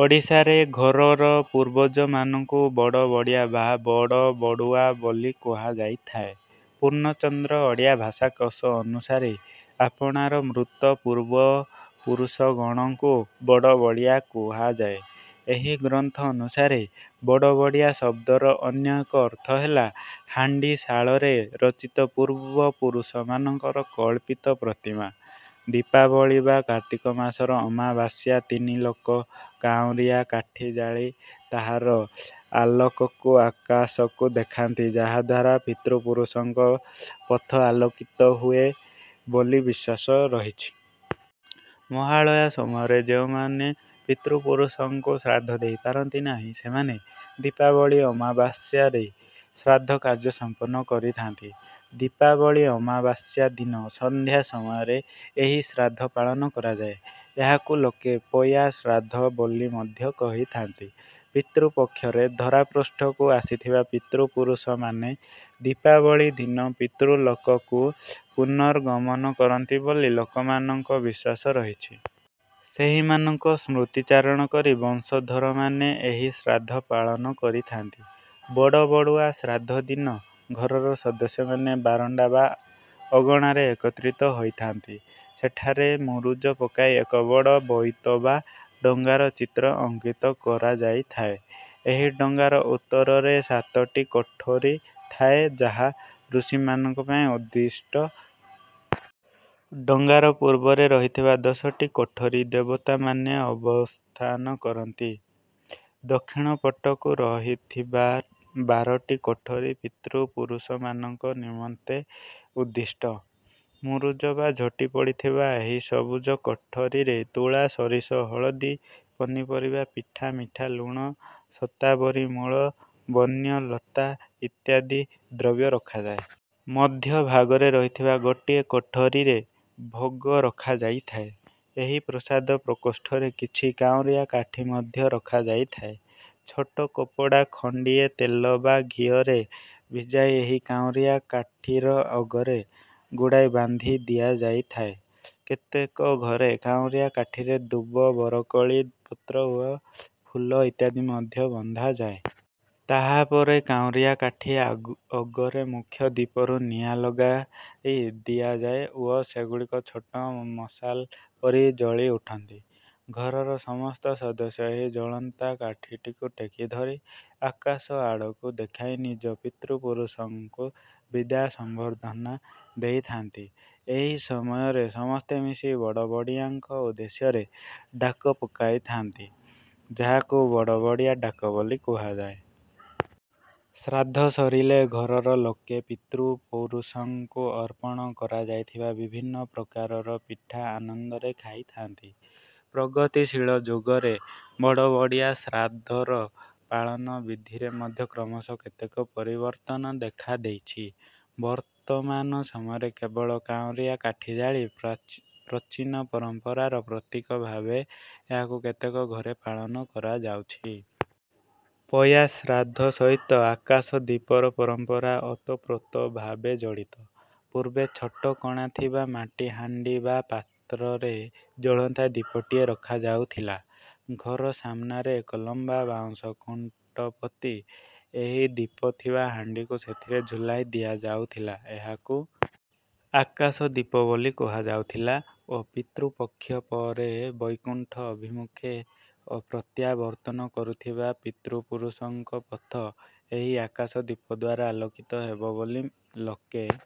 ଓଡ଼ିଶାରେ ଘରର ପୂର୍ବଜମାନଙ୍କୁ ବଡ଼ବଡ଼ିଆ ବା ବଡ଼ବଡ଼ୁଆ ବୋଲି କୁହାଯାଇଥାଏ। ପୂର୍ଣ୍ଣଚନ୍ଦ୍ର ଓଡ଼ିଆ ଭାଷାକୋଷ ଅନୁସାରେ ଆପଣାର ମୃତ ପୂର୍ବପୁରୁଷଗଣଙ୍କୁ ବଡ଼ବଡ଼ିଆ କୁହାଯାଏ। ଏହି ଗ୍ରନ୍ଥ ଅନୁସାରେ ବଡ଼ବଡ଼ିଆ ଶବ୍ଦର ଅନ୍ୟ ଏକ ଅର୍ଥ ହେଲା ହାଣ୍ଡିଶାଳରେ ରଚିତ ପୂର୍ବପୁରୁଷମାନଙ୍କର କଳ୍ପିତ ପ୍ରତିମା। ଦୀପାବଳୀ ବା କାର୍ତ୍ତିକ ମାସର ଅମାବାସ୍ୟା ଦିନି ଲୋକେ କାଉଁରିଆ କାଠି ଜାଳି ତାହାର ଆଲୋକକୁ ଆକାଶକୁ ଦେଖାନ୍ତି ଯାହାଦ୍ୱାରା ପିତୃପୁରୁଷଙ୍କ ପଥ ଆଲୋକିତ ହୁଏ ବୋଲି ବିଶ୍ୱାସ ରହିଛି। ମହାଳୟା ସମୟରେ ଯେଉଁମାନେ ପିତୃପୁରୁଷଙ୍କୁ ଶ୍ରାଦ୍ଧ ଦେଇ ପାରନ୍ତି ନାହିଁ ସେମାନେ ଦୀପାବଳୀ ଅମାବାସ୍ୟାରେ ଶ୍ରାଦ୍ଧ କାର୍ଯ୍ୟ ସମ୍ପନ୍ନ କରିଥାନ୍ତି। ଦୀପାବଳୀ ଅମାବାସ୍ୟା ଦିନ ସନ୍ଧ୍ୟା ସମୟରେ ଏହି ଶ୍ରାଦ୍ଧ ପାଳନ କରାଯାଏ। ଏହାକୁ ଲୋକେ ପୟା ଶ୍ରାଦ୍ଧ ବୋଲି ମଧ୍ୟ କହିଥାନ୍ତି। ପିତୃପକ୍ଷରେ ଧରାପୃଷ୍ଠକୁ ଆସିଥିବା ପିତୃପୁରୁଷମାନେ ଦୀପାବଳୀ ଦିନ ପିତୃଲୋକକୁ ପୁନର୍ଗମନ କରନ୍ତି ବୋଲି ଲୋକମାନଙ୍କ ବିଶ୍ୱାସ ରହିଛି। ସେହିମାନଙ୍କ ସ୍ମୃତି ଚାରଣ କରି ବଂଶଧରମାନେ ଏହି ଶ୍ରାଦ୍ଧ ପାଳନ କରିଥାନ୍ତି। ବଡ଼ବଡ଼ୁଆ ଶ୍ରାଦ୍ଧ ଦିନ ଘରର ସଦସ୍ୟମାନେ ବାରଣ୍ଡା ବା ଅଗଣାରେ ଏକତ୍ରିତ ହୋଇଥାନ୍ତି। ସେଠାରେ ମୁରୁଜ ପକାଇ ଏକ ବଡ଼ ବୋଇତ ବା ଡଙ୍ଗାର ଚିତ୍ର ଅଙ୍କିତ କରାଯାଇଥାଏ। ଏହି ଡଙ୍ଗାର ଉତ୍ତରରେ ସାତଟି କୋଠରୀ ଥାଏ ଯାହା ଋଷିମାନଙ୍କ ପାଇଁ ଉଦ୍ଦିଷ୍ଟ। ଡଙ୍ଗାର ପୂର୍ବରେ ରହିଥିବା ଦଶଟି କୋଠରୀ ଦେବତାମାନେ ଅବସ୍ଥାନ କରନ୍ତି। ଦକ୍ଷିଣ ପଟକୁ ରହିଥିବା ବାରଟି କୋଠରୀ ପିତୃପୁରୁଷମାନଙ୍କ ନିମନ୍ତେ ଉଦ୍ଦିଷ୍ଟ। ମୁରୁଜ ବା ଝୋଟି ପଡ଼ିଥିବା ଏହି ସବୁଜ କୋଠରୀରେ ତୁଳା ସୋରିଷ ହଳଦି ପନିପରିବା ପିଠା ମିଠା ଲୁଣ ଶତାବରୀ ମୂଳ ବନ୍ୟ ଲତା ଇତ୍ୟାଦି ଦ୍ରବ୍ୟ ରଖାଯାଏ। ମଧ୍ୟଭାଗରେ ରହିଥିବା ଗୋଟିଏ କୋଠରୀରେ ଭୋଗ ରଖାଯାଇଥାଏ। ଏହି ପ୍ରସାଦ ପ୍ରକୋଷ୍ଠରେ କିଛି କାଉଁରିଆ କାଠି ମଧ୍ୟ ରଖାଯାଇଥାଏ। ଛୋଟ କପଡ଼ା ଖଣ୍ଡିଏ ତେଲ ବା ଘିଅରେ ଭିଜାଇ ଏହି କାଉଁରିଆ କାଠିର ଅଗରେ ଗୁଡ଼ାଇ ବାନ୍ଧି ଦିଆଯାଇଥାଏ। କେତେକ ଘରେ କାଉଁରିଆ କାଠିରେ ଦୁବ ବରକୋଳି ପତ୍ର ଓ ଫୁଲ ଇତ୍ୟାଦି ମଧ୍ୟ ବନ୍ଧାଯାଏ। ତାହାପରେ କାଉଁରିଆ କାଠି ଆ ଅଗରେ ମୁଖ୍ୟ ଦୀପରୁ ନିଆଁ ଲଗାଇ ଦିଆଯାଏ ଓ ସେଗୁଡ଼ିକ ଛୋଟ ମଶାଲ ପରି ଜଳି ଉଠନ୍ତି। ଘରର ସମସ୍ତ ସଦସ୍ୟ ଏହି ଜଳନ୍ତା କାଠିଟିକୁ ଟେକି ଧରି ଆକାଶଆଡ଼କୁ ଦେଖାଇ ନିଜ ପିତୃପୁରୁଷଙ୍କୁ ବିଦାୟ ସମ୍ବର୍ଦ୍ଧନା ଦେଇଥାନ୍ତି। ଏହି ସମୟରେ ସମସ୍ତେ ମିଶି ବଡ଼ବଡ଼ିଆଙ୍କ ଉଦ୍ଦେଶ୍ୟରେ ଡାକ ପକାଇଥାନ୍ତି ଯାହାକୁ ବଡ଼ବଡ଼ିଆ ଡାକ ବୋଲି କୁହାଯାଏ। ଶ୍ରାଦ୍ଧ ସରିଲେ ଘରର ଲୋକେ ପିତୃପୁରୁଷଙ୍କୁ ଅର୍ପଣ କରାଯାଇଥିବା ବିଭିନ୍ନ ପ୍ରକାରର ପିଠା ଆନନ୍ଦରେ ଖାଇଥାନ୍ତି। ପ୍ରଗତିଶୀଳ ଯୁଗରେ ବଡ଼ବଡ଼ିଆ ଶ୍ରାଦ୍ଧର ପାଳନ ବିଧିରେ ମଧ୍ୟ କ୍ରମଶଃ କେତେକ ପରିବର୍ତ୍ତନ ଦେଖାଦେଇଛି। ବର୍ତ୍ତମାନ ସମୟରେ କେବଳ କାଉଁରିଆ କାଠି ଜାଳି ପ୍ରାଚ ପ୍ରଚୀନ ପରମ୍ପରାର ପ୍ରତୀକ ଭାବେ ଏହାକୁ କେତେକ ଘରେ ପାଳନ କରାଯାଉଛି। ପୟା ଶ୍ରାଦ୍ଧ ସହିତ ଆକାଶଦୀପର ପରମ୍ପରା ଓତପ୍ରୋତ ଭାବେ ଜଡ଼ିତ। ପୂର୍ବେ ଛୋଟ କଣା ଥିବା ମାଟିହାଣ୍ଡି ବା ପାତ୍ରରେ ଜଳନ୍ତା ଦୀପଟିଏ ରଖାଯାଉଥିଲା। ଘର ସାମନାରେ ଏକ ଲମ୍ବା ବାଉଁଶ ଖୁଣ୍ଟ ପୋତି ଏହି ଦୀପ ଥିବା ହାଣ୍ଡିକୁ ସେଥିରେ ଝୁଲାଇ ଦିଆଯାଉଥିଲା। ଏହାକୁ ଆକାଶଦୀପ ବୋଲି କୁହାଯାଉଥିଲା ଓ ପିତୃପକ୍ଷ ପରେ ବୈକୁଣ୍ଠ ଅଭିମୁଖେ ଅପ୍ରତ୍ୟାବର୍ତ୍ତନ କରୁଥିବା ପିତୃପୁରୁଷଙ୍କ ପଥ ଏହି ଆକାଶଦୀପଦ୍ୱାରା ଆଲୋକିତ ହେବ ବୋଲି ଲୋକେ